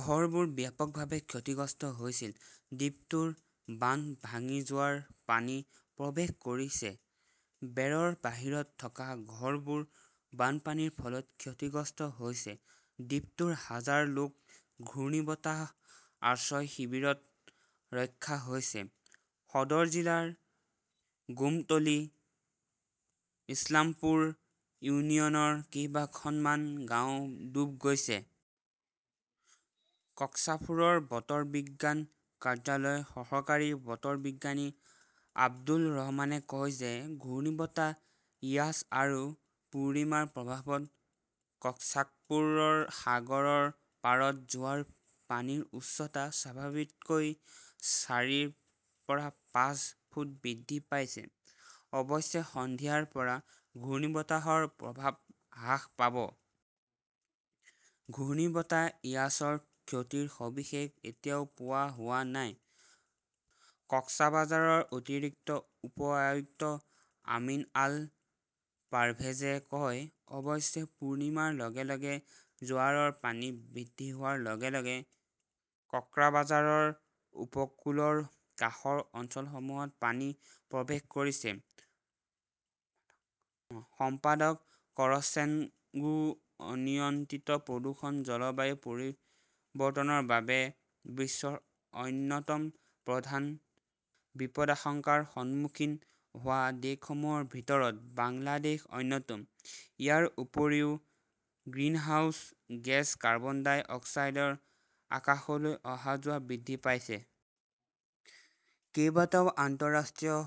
ঘৰবোৰ ব্যাপকভাৱে ক্ষতিগ্ৰস্ত হৈছিল। দ্বীপটোৰ বান্ধ ভাঙি জোৱাৰ পানী প্ৰৱেশ কৰিছে। বেৰৰ বাহিৰত থকা ঘৰবোৰ বানপানীৰ ফলত ক্ষতিগ্ৰস্ত হৈছে। দ্বীপটোৰ হাজাৰ লোক ঘূৰ্ণীবতাহ আশ্ৰয় শিবিৰত ৰক্ষা হৈছে। সদৰ জিলাৰ গোমতলী ইছলামপুৰ ইউনিয়নৰ কেইখনমান গাঁও ডুব গৈছে। কক্সফুৰৰ বতৰ বিজ্ঞান কাৰ্যালয়ৰ সহকাৰী বতৰ বিজ্ঞানী আব্দুৰ ৰহমানে কয় যে ঘূৰ্ণীবতাহ ইয়াছ আৰু পূৰ্ণিমাৰ প্ৰভাৱত কক্সফুৰৰ সাগৰৰ পাৰত জোৱাৰৰ পানীৰ উচ্চতা স্বাভাৱিকতকৈ চাৰিৰ পৰা পাঁচ ফুট বৃদ্ধি পাইছে। অৱশ্যে, সন্ধিয়াৰ পৰা ঘূৰ্ণীবতাহৰ প্ৰভাৱ হ্ৰাস পাব। "ঘূৰ্ণীবতাহ ইয়াছৰ ক্ষতিৰ সবিশেষ এতিয়াও পোৱা হোৱা নাই", কক্সবাজাৰৰ অতিৰিক্ত উপ-আয়ুক্ত আমিন আল পাৰ্ভেজে কয়। অৱশ্যে পূৰ্ণিমাৰ লগে লগে জোৱাৰৰ পানী বৃদ্ধি হোৱাৰ লগে লগে কক্সবাজাৰৰ উপকূলৰ কাষৰ অঞ্চলসমূহত পানী প্ৰৱেশ কৰিছে। সম্পাদক কৰচেশুঃ অনিয়ন্ত্ৰিত প্ৰদূষণ জলবায়ু পৰিৱৰ্তনৰ বাবে বিশ্বৰ অন্যতম প্ৰধান বিপদাশংকাৰ সন্মুখীন হোৱা দেশসমূহৰ ভিতৰত বাংলাদেশ অন্যতম, ইয়াৰ উপৰিও গ্ৰীণহাউছ গেছ কাৰ্বন ডাই অক্সাইডৰ আকাশলৈ অহা-যোৱা বৃদ্ধি পাইছে। কেইবাটাও আন্তঃৰাষ্ট্ৰীয়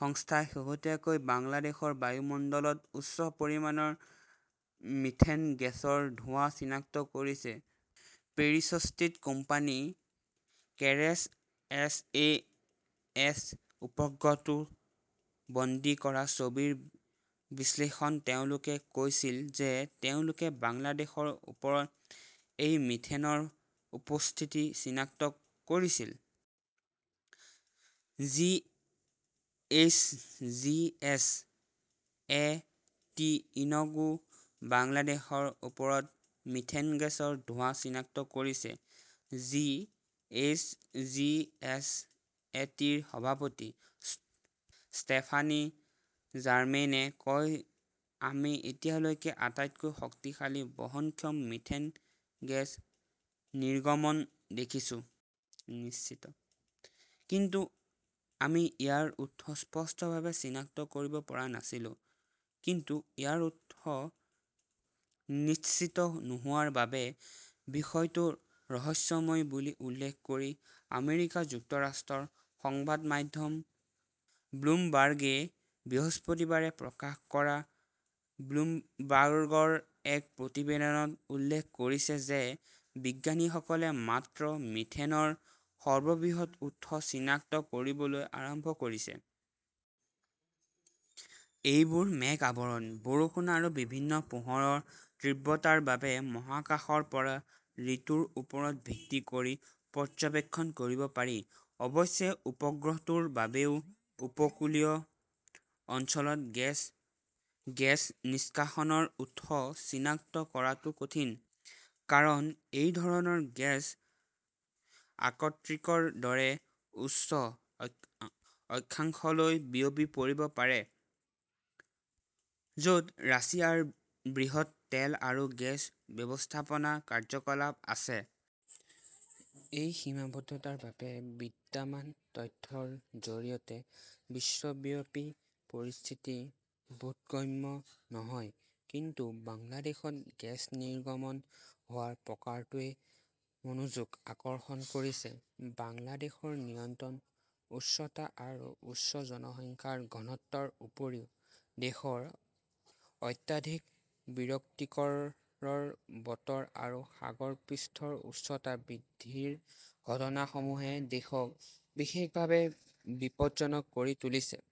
সংস্থাই শেহতীয়াকৈ বাংলাদেশৰ বায়ুমণ্ডলত উচ্চ পৰিমাণৰ মিথেন গেছৰ ধোঁৱা চিনাক্ত কৰিছে। পেৰিছস্থিত company Kayrros S. A. S. উপগ্ৰহটোত বন্দী কৰা ছবিৰ বিশ্লেষণত তেওঁলোকে কৈছিল যে তেওঁলোকে বাংলাদেশৰ ওপৰত এই মিথেনৰ উপস্থিতি চিনাক্ত কৰিছিল। G. H. G. S. A. T. Inc ও বাংলাদেশৰ ওপৰত মিথেন গেছৰ ধোঁৱা চিনাক্ত কৰিছে। G. H. G. S. A. T. ৰ সভাপতি ষ্টেফানি জাৰ্মেইনে কয়, আমি এতিয়ালৈকে আটাইতকৈ শক্তিশালী বহনক্ষম মিথেন গেছ নিৰ্গমন দেখিছো। কিন্তু আমি ইয়াৰ উৎস স্পষ্টভাৱে চিনাক্ত কৰিব পৰা নাছিলো। কিন্তু ইয়াৰ উৎস নিশ্চিত নোহোৱাৰ বাবে বিষয়টো ৰহস্যময় বুলি উল্লেখ কৰি আমেৰিকা যুক্তৰাষ্ট্ৰৰ সংবাদ মাধ্যম ব্লুমবাৰ্গে বৃহস্পতিবাৰে প্ৰকাশ কৰা ব্লুমবাৰ্গৰ এক প্ৰতিবেদনত উল্লেখ কৰিছে যে বিজ্ঞানীসকলে মাত্ৰ মিথেনৰ সৰ্ববৃহৎ উৎস চিনাক্ত কৰিবলৈ আৰম্ভ কৰিছে। এইবোৰ মেঘ আৱৰণ, বৰষুণ আৰু বিভিন্ন পোহৰৰ তীব্ৰতাৰ বাবে মহাকাশৰ পৰা ঋতুৰ ওপৰত ভিত্তি কৰি পৰ্যবেক্ষণ কৰিব পাৰি। অৱশ্যে, উপগ্ৰহটোৰ বাবেও উপকূলীয় অঞ্চলত গেছ গেছ নিষ্কাশনৰ উৎস চিনাক্ত কৰাটো কঠিন। কাৰণ এই ধৰণৰ গেছ আৰ্কটিকৰ দৰে উচ্চ অক্ষাংশলৈ বিয়পি পৰিব পাৰে; য'ত ৰাছিয়াৰ বৃহৎ তেল আৰু গেছ ব্যৱস্থাপনা কাৰ্যকলাপ আছে। এই সীমাবদ্ধতাৰ বাবে বিদ্যমান তথ্যৰ জৰিয়তে বিশ্বব্যাপী পৰিস্থিতি বোধগম্য নহয়। কিন্তু বাংলাদেশত গেছ নিৰ্গমন হোৱাৰ প্ৰকাৰটোৱে মনোযোগ আকৰ্ষণ কৰিছে। বাংলাদেশৰ নিয়ন্ত্ৰণ উচ্চতা আৰু উচ্চ জনসংখ্যাৰ ঘনত্বৰ উপৰিও দেশৰ অত্যাধিক বিৰক্তিকৰৰ বতৰ আৰু সাগৰ পৃষ্ঠৰ উচ্চতা বৃদ্ধিৰ ঘটনাসমূহে দেশক বিশেষভাৱে বিপদজনক কৰি তুলিছে।